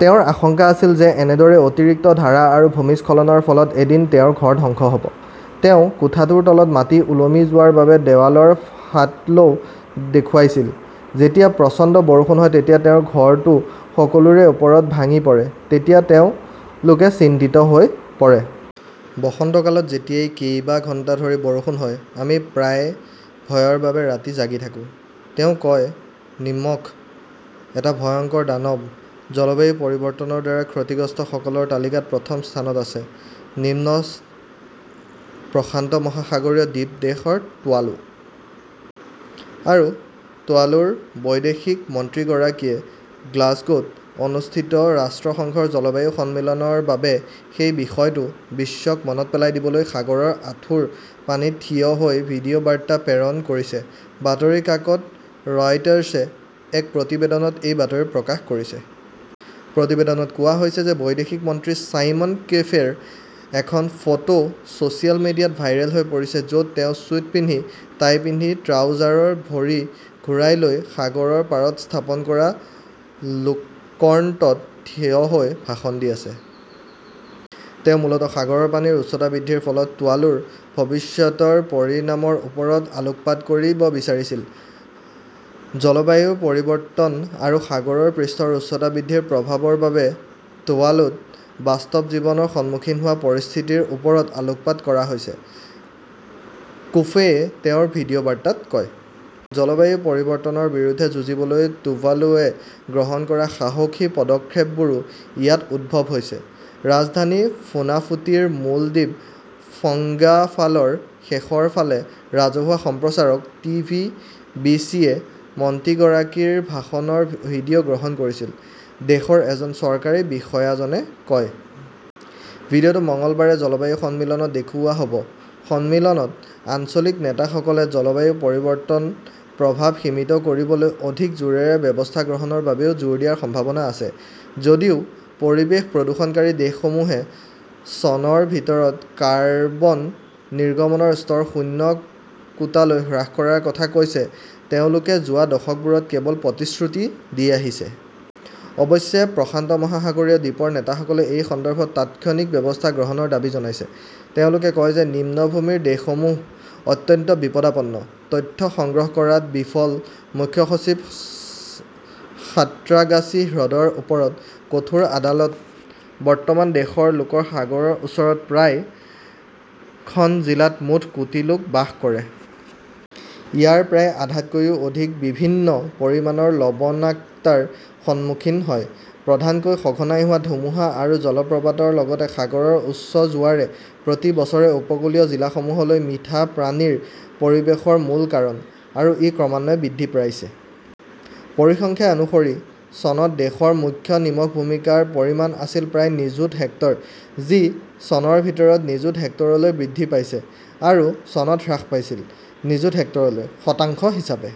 তেওঁৰ আশংকা আছিল যে এনেদৰে অতিৰিক্ত ধাৰা আৰু ভূমিস্খলনৰ ফলত এদিন তেওঁৰ ঘৰ ধ্বংস হ’ব। তেওঁ কোঠাটোৰ তলত মাটি ওলমি যোৱাৰ বাবে দেৱালৰ ফাটলও দেখুৱাইছিল। যেতিয়া প্ৰচণ্ড বৰষুণ হয় তেতিয়া তেওঁৰ ঘৰটো সকলোৰে ওপৰত ভাঙি পৰে তেতিয়া তেওঁলোকে চিন্তিত হৈ পৰে। বসন্তকালত যেতিয়াই কেইবা ঘণ্টা ধৰি বৰষুণ হয়, আমি প্ৰায়ে ভয়ৰ বাবে ৰাতি জাগি থাকো", তেওঁ কয় নিমখঃ এটা ভয়ংকৰ দানৱ জলবায়ু পৰিৱৰ্তনৰ দ্বাৰা ক্ষতিগ্ৰস্তসকলৰ তালিকাত প্ৰথম স্থানত আছে নিম্ন-প্ৰশান্ত মহাসাগৰীয় দ্বীপ দেশ টুৱালু। আৰু টৱালুৰ বৈদেশিক মন্ত্ৰীগৰাকীয়ে গ্লছগোত অনুষ্ঠিত ৰাষ্ট্ৰসংঘৰ জলবায়ু সন্মিলনৰ বাবে সেই বিষয়টো বিশ্বক মনত পেলাই দিবলৈ সাগৰৰ আঁঠুৰ পানীত থিয় হৈ ভিডিঅ বাৰ্তা প্ৰেৰণ কৰিছে। বাতৰি কাকত ৰয়টাৰ্ছে এক প্ৰতিবেদনত এই বাতৰি প্ৰকাশ কৰিছে। প্ৰতিবেদনত কোৱা হৈছে যে বৈদেশিক মন্ত্ৰী চাইমন কোফেৰ এখন ফটো ছ চিয়েল মিডিয়াত ভাইৰেল হৈ পৰিছে য’ত তেওঁ চুইট পিন্ধি, টাই পিন্ধি ট্ৰাউজাৰৰ ভৰি ঘূৰাই লৈ সাগৰৰ পাৰত স্থাপন কৰা লেক্টৰ্ণত থিয় হৈ ভাষণ দি আছে। তেওঁ মূলতঃ সাগৰৰ পানীৰ উচ্চতা বৃদ্ধিৰ ফলত টুভালুৰ ভৱিষ্যতৰ পৰিণামৰ ওপৰত আলোকপাত কৰিব বিচাৰিছিল। জলবায়ু পৰিৱৰ্তন আৰু সাগৰ পৃষ্ঠৰ উচ্চতা বৃদ্ধিৰ প্ৰভাৱৰ বাবে টুভালুত বাস্তৱ জীৱনত সন্মুখীন হোৱা পৰিস্থিতিৰ ওপৰত আলোকপাত কৰা হৈছে", কোফেয়ে তেওঁৰ ভিডিঅ বাৰ্তাত কয়। জলবায়ু পৰিৱৰ্তনৰ বিৰুদ্ধে যুঁজিবলৈ টুভালুৱে গ্ৰহণ কৰা সাহসী পদক্ষেপবোৰো ইয়াত উদ্ভৱ হৈছে। ৰাজধানী ফুনাফুটিৰ মূল দ্বীপ ফঙ্গাফালৰ শেষৰ ফালে ৰাজহুৱা সম্প্ৰচাৰক" টি. ভি. বি. চি. য়ে মন্ত্ৰীগৰাকীৰ ভাষণৰ ভিডিঅ গ্ৰহণ কৰিছিল, দেশৰ এজন চৰকাৰী বিষয়াজনে কয়। ভিডিঅ 'টো মঙলবাৰে জলবায়ু সন্মিলনত দেখুওৱা হ' ব। সন্মিলনত আঞ্চলিক নেতাসকলে জলবায়ু পৰিৱৰ্তনৰ প্ৰভাৱ সীমিত কৰিবলৈ অধিক জোৰেৰে ব্যৱস্থা গ্ৰহণৰ বাবে জোৰ দিয়াৰ সম্ভাৱনা আছে। যদিও পৰিৱেশ প্ৰদূষণকাৰী দেশসমূহে চনৰ ভিতৰত কাৰ্বন নিৰ্গমনৰ স্তৰ শূন্য কোটালৈ হ্ৰাস কৰাৰ কথা কৈছে, তেওঁলোকে যোৱা দশকবোৰত কেৱল প্ৰতিশ্ৰুতি দি আহিছে। অৱশ্যে, প্ৰশান্ত মহাসাগৰীয় দ্বীপৰ নেতাসকলে এই সন্দৰ্ভত তাৎক্ষণিক ব্যৱস্থা গ্ৰহণৰ দাবী জনাইছে। তেওঁলোকে কয় যে নিম্নভূমিৰ দেশসমূহ অত্যন্ত বিপদাপন্ন। তথ্য সংগ্ৰহ কৰাত 'বিফল' মুখ্য সচিব, সাঁত্ৰাগাছী হ্ৰদৰ ওপৰত কঠোৰ আদালত বৰ্তমান দেশৰ সাগৰৰ ওচৰৰ প্ৰায় খন জিলাত মুঠ কোটি লোক বাস কৰে। ইয়াৰ প্ৰায় আধাতকৈও অধিক বিভিন্ন পৰিমাণৰ লবণাক্ততাৰ সন্মুখীন হয়। প্ৰধানকৈ সঘনাই হোৱা ধুমুহা আৰু জলপ্ৰপাতৰ লগতে সাগৰৰ উচ্চ জোৱাৰে প্ৰতি বছৰে উপকূলীয় জিলাসমূহলৈ মিঠা পানীৰ প্ৰৱেশৰ মূল কাৰণ আৰু ই ক্ৰমান্বয়ে বৃদ্ধি পাইছে। পৰিসংখ্যা অনুসৰি, চনত দেশৰ মুঠ নিমখ ভূমিৰ পৰিমাণ আছিল প্ৰায় নিযুত হেক্টৰ যি চনৰ ভিতৰত নিযুত হেক্টৰলৈ বৃদ্ধি পাইছিল আৰু চনত হ্ৰাস পাইছিল নিযুত হেক্টৰলৈ। শতাংশ হিচাপে,